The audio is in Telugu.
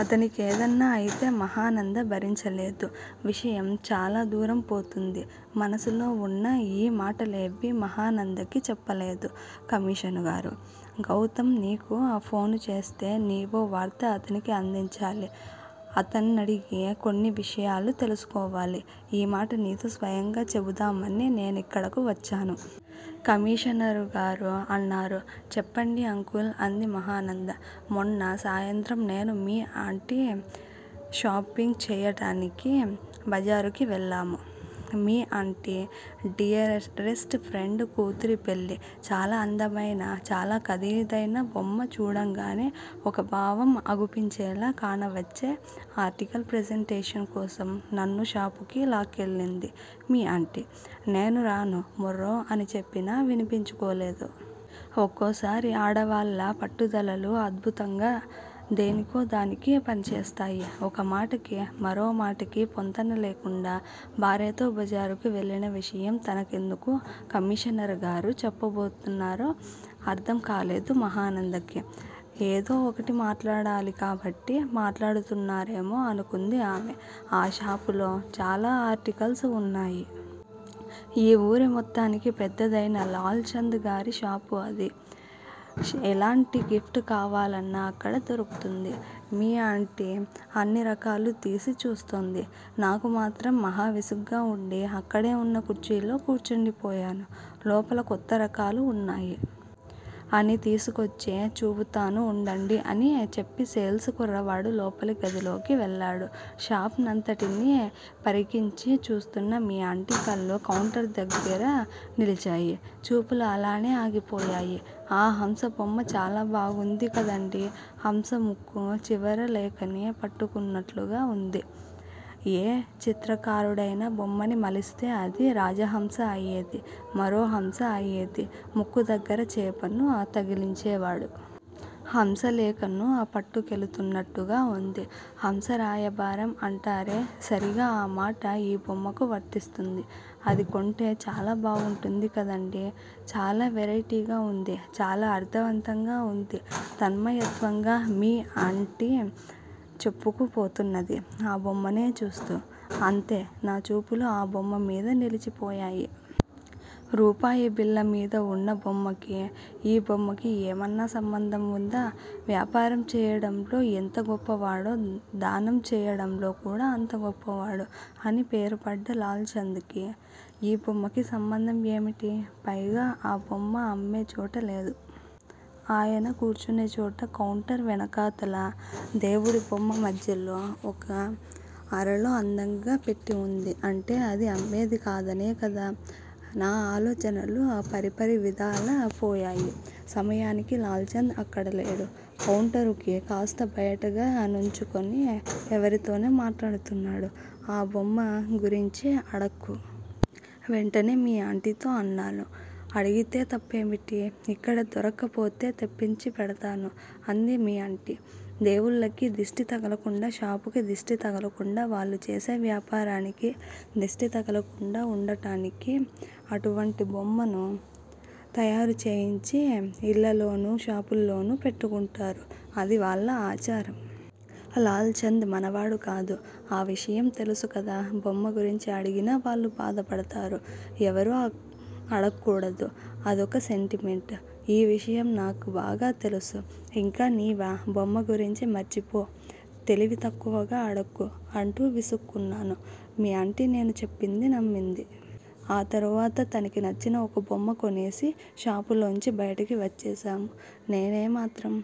అతని కేదన్నా అయితే మహానంద భరించలేదు. విషయం చాలాదూరం పోతుంది. మనసులో వున్న ఈ మాటలేవీ మహానందకి చెప్పలేదు కమిషనరుగారు. గౌతం నీకు ఫోనుచేస్తే నీవో వార్త అతనికి అందించాలి. అతన్నడిగి కొన్ని విషయాలు తెలుసుకోవాలి. ఈ మాట నీతో స్వయంగా చెబుదామనే నేనిక్కడకు వచ్చాను. కమిషనరుగారు అన్నారు. చెప్పండి అంకుల్ అంది మహానంద. మొన్న సాయంత్రం నేను మీ అంటి షాపింగ్చెయ్యటానికి బజారుకి వెళ్ళాము. మీ అంటి డియరెస్ట్ ఫ్రెండ్ కూతురి పెళ్ళి. చాలా అందమైన, చాలా ఖరీదైన బొమ్మ చూడంగానే ఒక భావం అగుపించేలా కానవచ్చే అర్టికల్ ప్రెజెంటేషన్ కోసం నన్ను షాపుకి లాక్కెళ్ళింది మీ అంటి నేను రాను మొర్రో అని చెప్పినా వినిపించుకోలేదు. ఒక్కోసారి ఆడవాళ్ళ పట్టుదలలు అద్బుతంగా దేనికో దానికి పనిచేస్తాయి ఒక మాటకి మరో మాటకి పొంతన లేకుండా భార్యతో బజారుకి వెళ్ళిన విషయం తనకెందుకు కమిషనరుగారు చెబుతున్నారో అర్ధం కాలేదు మహానందకి, ఏదో ఒకటి మాట్లాడాలి కాబట్టి మాట్లాడుతున్నారేమో అనుకుంది ఆమె. ఆ షాపులో చాలా అర్టికల్స్ వున్నాయి. ఈ ఊరి మొత్తానికి పెద్దదైనా లాల్ చాంద్ గారి షాపు అది. ఎలాంటి గిఫ్ట్ కావాలన్నా అక్కడ దొరుకుతుంది. మీ అంటి అన్ని రకాలు తీసి చూస్తోంది. నాకు మాత్రం మహా విసుగ్గా వుండి అక్కడే వున్న కుర్చీలో కూర్చుండిపోయాను. లోపల కొత్త రకాలు వున్నాయి. అని తీసుకొచ్చి చూపుతాను ఉండండి అని చెప్పి సేల్స్ కుర్రవాడు లోపలి గదిలోకి వెళ్ళాడు. షాప్ నంతటిని పరికించి చూస్తున్న మీ అంటి కళ్ళు కౌంటర్ దగ్గిర నిలిచాయి. చూపులు అలానే ఆగిపోయాయి. ఆ హంస బొమ్మ చాలా బాగుంది కదండీ. హంస ముక్కు చివర లేఖని పట్టుకున్నట్లుగా వుంది, ఏ చిత్రకారుడయినా బొమ్మని మలిస్తే అది రాజహంస అయేది మరో హంస అయేది ముక్కుదగ్గర చేపను తగిలించేవాడు. హంసలేఖను పట్టుకెళుతున్నట్టుగా వుంది. హంసరాయభారం అంటారే సరీగా ఆ మాట ఈ బొమ్మకు వర్తిస్తుంది. అది కొంటె చాలా బాగుంటుంది కదండీ. చాలా వెరయిటిగా వుంది. చాలా అర్ధవంతంగా వుంది తన్మయత్వంగా మీ అంటి చెప్పుకుపోతున్నది ఆ బొమ్మనే చూస్తూ. అంతే నా చూపులు ఆ బొమ్మమిద నిలిచిపోయాయి. రూపాయి బిళ్ళ మీద వున్న బొమ్మకి, ఈ బొమ్మకి ఏమన్నా సంబంధం వుందా? వ్యాపారం చేయడంలో ఎంత గొప్పవాడో దానం చెయ్యడంలో కూడా అంత గొప్పవాడు అని పేరుపడ్డ లాల్ చంద్ కి, ఈ బొమ్మకి సంబంధం ఏమిటి? పైగా ఆ బొమ్మ అమ్మేచోట లేదు. అయన కూర్చునేచోట కౌంటర్ వెనకాతల దేవుడిబొమ్మ మధ్యలో ఒక అరలో అందంగా పెట్టి వుంది. అంటే అది అమ్మేది కాదనేకదా! నా ఆలోచనలు పరిపరి విధాలపోయాయి. సమయానికి లాల్ చంద్ అక్కడ లేడు. కౌంటరుకి కాస్త బయటగా నుంచొని ఎవరితోనో మాట్లాడుతున్నాడు. ఆ బొమ్మగురించి అడక్కు. వెంటనే మీ అంటితో అన్నాను. అడిగితే తప్పేమిటి? ఇక్కడ దొరక్కపోతే తెప్పించిపెడతారు. అంది మీ అంటి. దేవుళ్ళకి దిష్టి తగలకుండా షాపుకి దిష్టి తగలకుండా వాళ్ళు చేసే వ్యాపారానికి దిష్టి తగలకుండా వుండటానికి అటువంటి బొమ్మను తయారు చేయించి యిళ్ళల్లోనూ, షాపుల్లోనూ పెట్టుకుంటారు. అది వాళ్ళ ఆచారం. లాల్ చంద్ మనవాడు కాదు. ఆ విషయం తెలుసుకదా. బొమ్మ గురించి అడిగినా వాళ్ళు భాధపడతారు. ఎవరూ అడక్కూడదు. అదొక సెంటిమెంట్. ఈ విషయం నాకు బాగా తెలుసు. ఇంక నీవా బొమ్మ గురించి మర్చిపో, తెలివితక్కువగా అడక్కు, అంటూ విసుక్కున్నాను. మీ అంటి నేను చెప్పింది నమ్మింది. ఆ తరువాత తనకి నచ్చిన ఒక బొమ్మ కొనేసి షాపులోంచి బయటికి వచ్చేశాము. నేనేమాత్రం